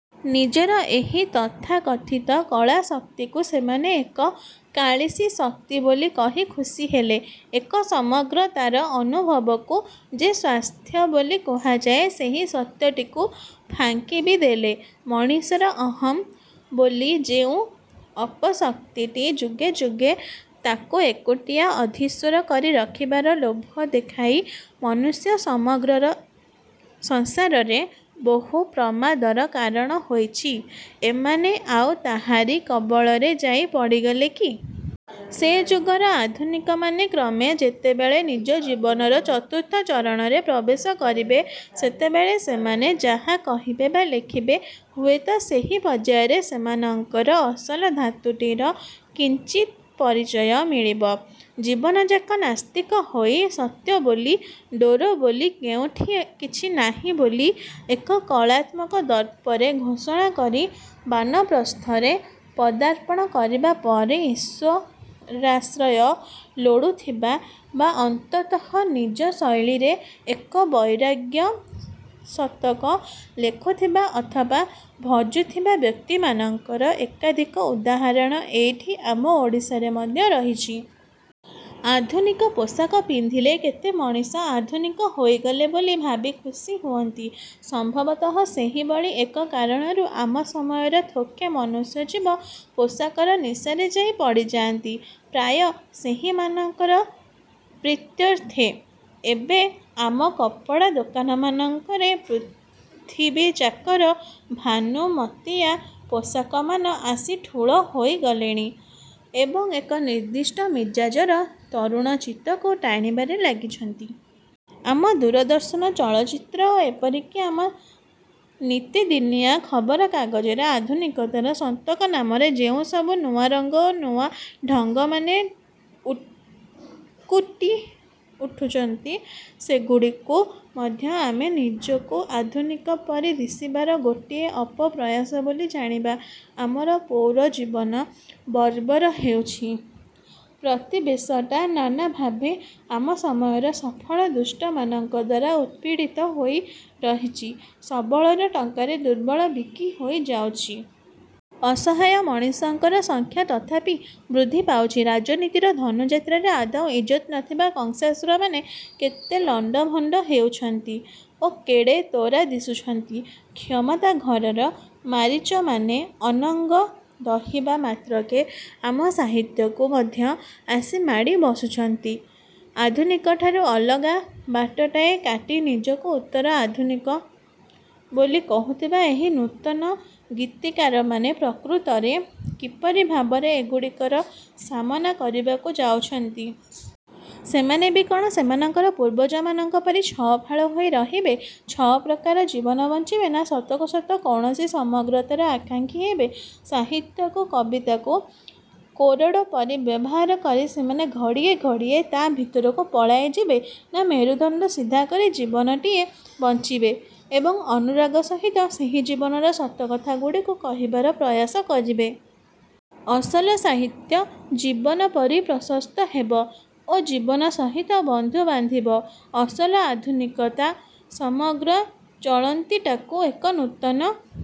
ନିଜର ଏହି ତଥାକଥିତ କଳାଶକ୍ତିକୁ ସେମାନେ ଏକ କାଳିସୀଶକ୍ତି ବୋଲି କହି ଖୁସି ହେଲେ। ଏକ ସମଗ୍ରତାର ଅନୁଭବକୁ ଯେ ସ୍ଵାସ୍ଥ୍ୟ ବୋଲି କୁହାଯାଏ, ସେହି ସତ୍ୟଟିକୁ ଫାଙ୍କି ବି ଦେଲେ। ମଣିଷର ଅହଂ ବୋଲି ଯେଉଁ ଅପଶକ୍ତିଟି ଯୁଗେ ଯୁଗେ ତାକୁ ଏକୁଟିଆ ଅଧୀଶ୍ୱର କରି ରଖିବାର ଲୋଭ ଦେଖାଇ ମନୁଷ୍ୟ ସମଗ୍ରର ସଂସାରରେ ବୋହୁ ପ୍ରମାଦର କାରଣ ହୋଇଛି, ଏମାନେ ଆଉ ତାହାରି କବଳରେ ଯାଇ ପଡ଼ିଗଲେ କି? ସେ ଯୁଗର ଆଧୁନିକମାନେ କ୍ରମେ ଯେତେବେଳେ ନିଜ ଜୀବନର ଚତୁର୍ଥ ଚରଣରେ ପ୍ରବେଶ କରିବେ, ସେତେବେଳେ ସେମାନେ ଯାହା କହିବେ ବା ଲେଖିବେ ହୁଏତ ସେହି ପର୍ଯ୍ୟାୟରେ ସେମାନଙ୍କର ଅସଲ ଧାତୁଟିର କିଞ୍ଚିତ ପରିଚୟ ମିଳିବ। ଜୀବନଯାକ ନାସ୍ତିକ ହୋଇ, ସତ୍ୟ ବୋଲି, ଡୋର ବୋଲି କେଉଁଠି କିଛି ନାହିଁ ବୋଲି ଏକ କଳାତ୍ମକ ଦର୍ପରେ ଘୋଷଣା କରି ବାନପ୍ରସ୍ଥରେ ପଦାର୍ପଣ କରିବା ପରେ ଈଶ୍ୱରାଶ୍ରୟ ଲୋଡୁଥିବା ବା ଅନ୍ତତଃ ନିଜ ଶୈଳୀରେ ଏକ ବୈରାଗ୍ୟଶତକ ଲେଖୁଥିବା ଅଥବା ଭଜୁଥିବା ବ୍ୟକ୍ତିମାନଙ୍କର ଏକାଧିକ ଉଦାହରଣ ଏଇଠି ଆମ ଓଡ଼ିଶାରେ ମଧ୍ୟ ରହିଛି। ଆଧୁନିକ ପୋଷାକ ପିନ୍ଧିଲେ କେତେ ମଣିଷ ଆଧୁନିକ ହୋଇଗଲେ ବୋଲି ଭାବି ଖୁସୀ ହୁଅନ୍ତି। ସମ୍ଭବତଃ ସେହିଭଳି ଏକ କାରଣରୁ ଆମ ସମୟର ଥୋକେ ମନୁଷ୍ୟଜୀବ ପୋଷାକର ନିଶାରେ ଯାଇ ପଡ଼ିଯାଆନ୍ତି। ପ୍ରାୟ ସେହିମାନଙ୍କର ପ୍ରୀତ୍ୟର୍ଥେ ଏବେ ଆମ କପଡ଼ାଦୋକାନମାନଙ୍କରେ ପୃଥିବୀଯାକର ଭାନୁମତିଆ ପୋଷାକମାନ ଆସି ଠୁଳ ହୋଇଗଲେଣି ଏବଂ ଏକ ନିର୍ଦ୍ଦିଷ୍ଟ ମିଜାଜର ତରୁଣଚିତ୍ତକୁ ଟାଣିବାରେ ଲାଗିଛନ୍ତି। ଆମ ଦୂରଦର୍ଶନ, ଚଳଚ୍ଚିତ୍ର ଓ ଏପରିକି ଆମ ନିତିଦିନିଆ ଖବରକାଗଜରେ ଆଧୁନିକତାର ସନ୍ତକ ନାମରେ ଯେଉଁସବୁ ନୂଆ ରଙ୍ଗ ଓ ନୂଆ ଢ଼ଙ୍ଗମାନେ ଉକୁଟି ଉଠୁଛନ୍ତି, ସେଗୁଡ଼ିକୁ ମଧ୍ୟ ଆମେ ନିଜକୁ ଆଧୁନିକ ପରି ଦିଶିବାର ଗୋଟିଏ ଅପପ୍ରୟାସ ବୋଲି ଜାଣିବା। ଆମର ପୌରଜୀବନ ବର୍ବର ହେଉଛି, ପ୍ରତିବେଶଟା ନାନା ଭାବେ ଆମ ସମୟର ସଫଳ ଦୁଷ୍ଟମାନଙ୍କ ଦ୍ଵାରା ଉତ୍ପୀଡ଼ିତ ହୋଇ ରହିଛି, ସବଳର ଟଙ୍କାରେ ଦୁର୍ବଳ ବିକି ହୋଇ ଯାଉଛି। ଅସହାୟ ମଣିଷଙ୍କର ସଂଖ୍ୟା ତଥାପି ବୃଦ୍ଧି ପାଉଛି, ରାଜନୀତିର ଧନୁଯାତ୍ରାରେ ଆଦୌ ଇଜ୍ଜତ ନଥିବା କଂସାସୁରମାନେ କେତେ ଲଣ୍ଡଭଣ୍ଡ ହେଉଛନ୍ତି ଓ କେଡ଼େ ତୋରା ଦିଶୁଛନ୍ତି, କ୍ଷମତା ଘରର ମାରୀଚମାନେ ଅନଙ୍ଗ ଦହିବା ମାତ୍ରକେ ଆମ ସାହିତ୍ୟକୁ ମଧ୍ୟ ଆସି ମାଡ଼ି ବସୁଛନ୍ତି। ଆଧୁନିକଠାରୁ ଅଲଗା ବାଟଟାଏ କାଟି ନିଜକୁ ଉତ୍ତର ଆଧୁନିକ ବୋଲି କହୁଥିବା ଏହି ନୂତନ ଗୀତିକାରମାନେ ପ୍ରକୃତରେ କିପରି ଭାବରେ ଏଗୁଡ଼ିକର ସାମନା କରିବାକୁ ଯାଉଛନ୍ତି? ସେମାନେ ବି କଣ ସେମାନଙ୍କର ପୂର୍ବଜମାନଙ୍କ ପରି ଛଅଫାଳ ହୋଇ ରହିବେ, ଛଅପ୍ରକାର ଜୀବନ ବଞ୍ଚିବେ ନା ସତକୁ ସତ କୌଣସି ସମଗ୍ରତାର ଆକାଂକ୍ଷୀ ହେବେ? ସାହିତ୍ୟକୁ, କବିତାକୁ କୋରଡ଼ ପରି ବ୍ୟବହାର କରି ସେମାନେ ଘଡ଼ିଏ ଘଡ଼ିଏ ତା ଭିତରକୁ ପଳାଇ ଯିବେ ନା ମେରୁଦଣ୍ଡ ସିଧା କରି ଜୀବନଟିଏ ବଞ୍ଚିବେ ଏବଂ ଅନୁରାଗ ସହିତ ସେହି ଜୀବନର ସତକଥାଗୁଡ଼ିକୁ କହିବାର ପ୍ରୟାସ କରିବେ? ଅସଲ ସାହିତ୍ୟ ଜୀବନ ପରି ପ୍ରଶସ୍ତ ହେବ ଓ ଜୀବନ ସହିତ ବନ୍ଧୁ ବାନ୍ଧିବ। ଅସଲ ଆଧୁନିକତା ସମଗ୍ର ଚଳନ୍ତିଟାକୁ ଏକ ନୂତନ